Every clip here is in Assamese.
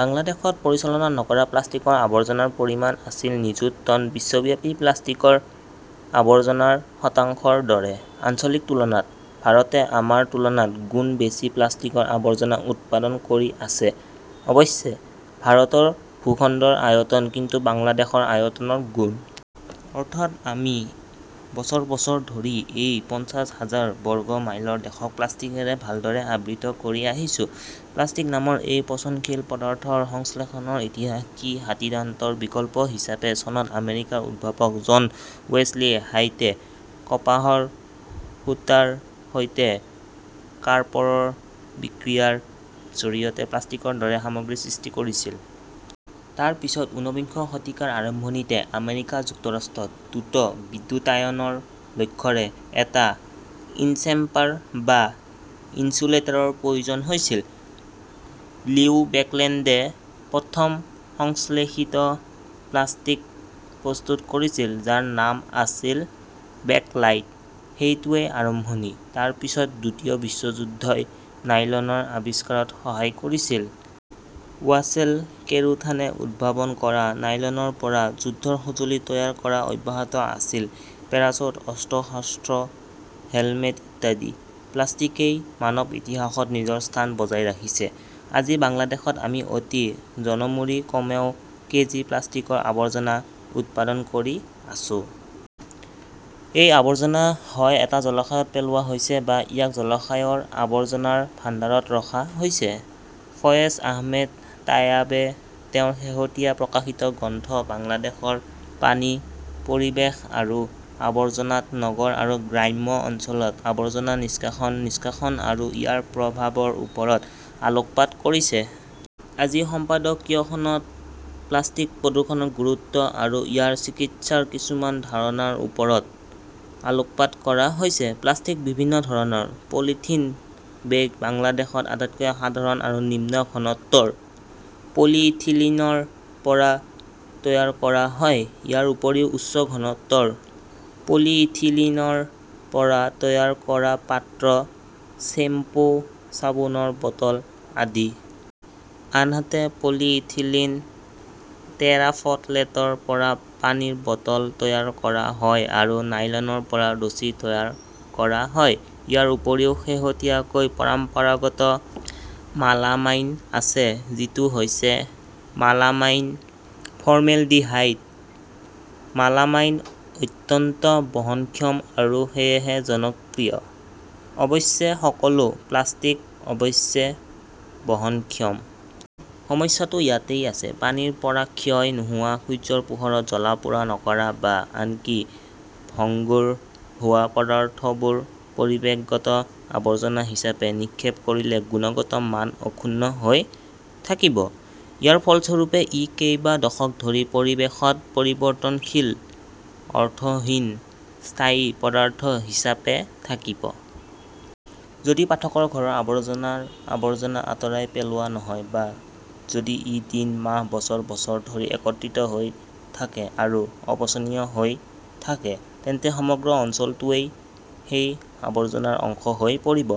বাংলাদেশত পৰিচালনা নকৰা প্লাষ্টিকৰ আৱৰ্জনাৰ পৰিমাণ আছিল নিযুত টন বিশ্বব্যাপী প্লাষ্টিকৰ আৱৰ্জনাৰ শতাংশৰ দৰে। আঞ্চলিক তুলনাত ভাৰতে আমাৰ তুলনাত গুণ বেছি প্লাষ্টিকৰ আৱৰ্জনা উৎপাদন কৰি আছে অৱশ্যে, ভাৰতৰ ভূখণ্ডৰ আয়তন কিন্তু বাংলাদেশৰ আয়তনৰ গুণ। অৰ্থাৎ, আমি বছৰ বছৰ ধৰি এই পঞ্চাশ হাজাৰ বৰ্গ মাইলৰ দেশক প্লাষ্টিকৰে ভালদৰে আবৃত কৰি আহিছো। প্লাষ্টিক নামৰ এই পচনশীল পদাৰ্থৰ সংশ্লেষণৰ ইতিহাস কি হাতীদান্তৰ বিকল্প হিচাপে চনত আমেৰিকাৰ উদ্ভাৱক জন ৱেছলি হাইটে কপাহৰ সূতাৰ সৈতে কাৰ্পৰৰ বিক্ৰিয়াৰ জৰিয়তে প্লাষ্টিকৰ দৰে সামগ্ৰী সৃষ্টি কৰিছিল। তাৰ পিছত, ঊনবিংশ শতিকাৰ আৰম্ভণিতে, আমেৰিকা যুক্তৰাষ্ট্ৰত দ্ৰুত বিদ্যুতায়নৰ লক্ষ্যৰে এটা ইনচেম্পাৰ বা ইনচুলেটাৰৰ প্ৰয়োজন হৈছিল। লিও বেকলেণ্ডে প্ৰথম সংশ্লেষিত প্লাষ্টিক প্ৰস্তুত কৰিছিল, যাৰ নাম আছিল বেকলাইট। সেইটোৱেই আৰম্ভণি। তাৰ পিছত, দ্বিতীয় বিশ্বযুদ্ধই নাইলনৰ আৱিষ্কাৰত সহায় কৰিছিল। ৱাচেল কেৰোথানে উদ্ভাৱন কৰা নাইলনৰ পৰা যুদ্ধৰ সঁজুলি তৈয়াৰ কৰা অব্যাহত আছিল পেৰাচুট, অস্ত্ৰ-শস্ত্ৰ, হেলমেট ইত্যাদি। প্লাষ্টিকেই মানৱ ইতিহাসত নিজৰ স্থান বজাই ৰাখিছে। আজি বাংলাদেশত আমি অতি জনমূৰি কমেও কেজি প্লাষ্টিকৰ আৱৰ্জনা উৎপাদন কৰি আছো! এই আৱৰ্জনা হয় এটা জলাশয়ত পেলোৱা হৈছে, বা ইয়াক জলাশয়ৰ আৱৰ্জনাৰ ভাণ্ডাৰত ৰখা হৈছে। ফয়েজ আহমেদ তায়াবে তেওঁৰ শেহতীয়া প্ৰকাশিত গ্ৰন্থ বাংলাদেশৰ পানী, পৰিৱেশ আৰু আৱৰ্জনা ত নগৰ আৰু গ্ৰাম্য অঞ্চলত আৱৰ্জনা নিষ্কাশন, নিষ্কাশন আৰু ইয়াৰ প্ৰভাৱৰ ওপৰত আলোকপাত কৰিছে। আজিৰ সম্পাদকীয়খনত প্লাষ্টিক প্ৰদূষণৰ গুৰুত্ব আৰু ইয়াৰ চিকিৎসাৰ কিছুমান ধাৰণাৰ ওপৰত আলোকপাত কৰা হৈছে। প্লাষ্টিক বিভিন্ন ধৰণৰ। পলিথিন বেগ বাংলাদেশত আটাইতকৈ সাধাৰণ আৰু নিম্ন ঘনত্বৰ পলিইথিলিনৰ পৰা তৈয়াৰ কৰা হয়। ইয়াৰ উপৰিও উচ্চ ঘনত্বৰ পলিইথিলিনৰ পৰা তৈয়াৰ কৰা পাত্ৰ, শ্বেম্পু-চাবোনৰ বটল আদি। আনহাতে, পলিইথিলিন টেৰাফথলেটৰ পৰা পানীৰ বটল তৈয়াৰ কৰা হয় আৰু নাইলনৰ পৰা ৰছী তৈয়াৰ কৰা হয়। ইয়াৰ উপৰিও শেহতীয়াকৈ পৰম্পৰাগত মালামাইন আছে, যিটো হৈছে মালামাইন ফৰ্মেলডিহাইড। মালামাইন অত্যন্ত বহনক্ষম আৰু সেয়েহে জনপ্ৰিয়। অৱশ্যে, সকলো প্লাষ্টিক অৱশ্যে বহনক্ষম। সমস্যাটো ইয়াতেই আছে। পানীৰ পৰা ক্ষয় নোহোৱা, সূৰ্যৰ পোহৰত জ্বলা-পোৰা নকৰা বা আনকি ভংগুৰ হোৱা পদাৰ্থবোৰ পৰিৱেশগত আৱৰ্জনা হিচাপে নিক্ষেপ কৰিলে গুণগত মান অক্ষুণ্ণ হৈ থাকিব। ইয়াৰ ফলস্বৰূপে, ই কেইবা দশক ধৰি পৰিৱেশত পৰিৱৰ্তনশীল অৰ্থহীন স্থায়ী পদাৰ্থ হিচাপে থাকিব। যদি পাঠকৰ ঘৰৰ আৱৰ্জনাৰ আৱৰ্জনা আঁতৰাই পেলোৱা নহয়, বা যদি ই দিন, মাহ, বছৰ, বছৰ ধৰি একত্ৰিত হৈ থাকে আৰু অপচনীয় হৈ থাকে, তেন্তে সমগ্ৰ অঞ্চলটোৱেই সেই আৱৰ্জনাৰ অংশ হৈ পৰিব।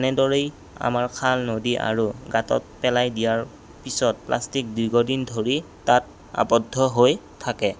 এনেদৰেই আমাৰ খাল, নদী আৰু গাঁতত পেলাই দিয়াৰ পিছত প্লাষ্টিক দীৰ্ঘদিন ধৰি তাত আবদ্ধ হৈ থাকে।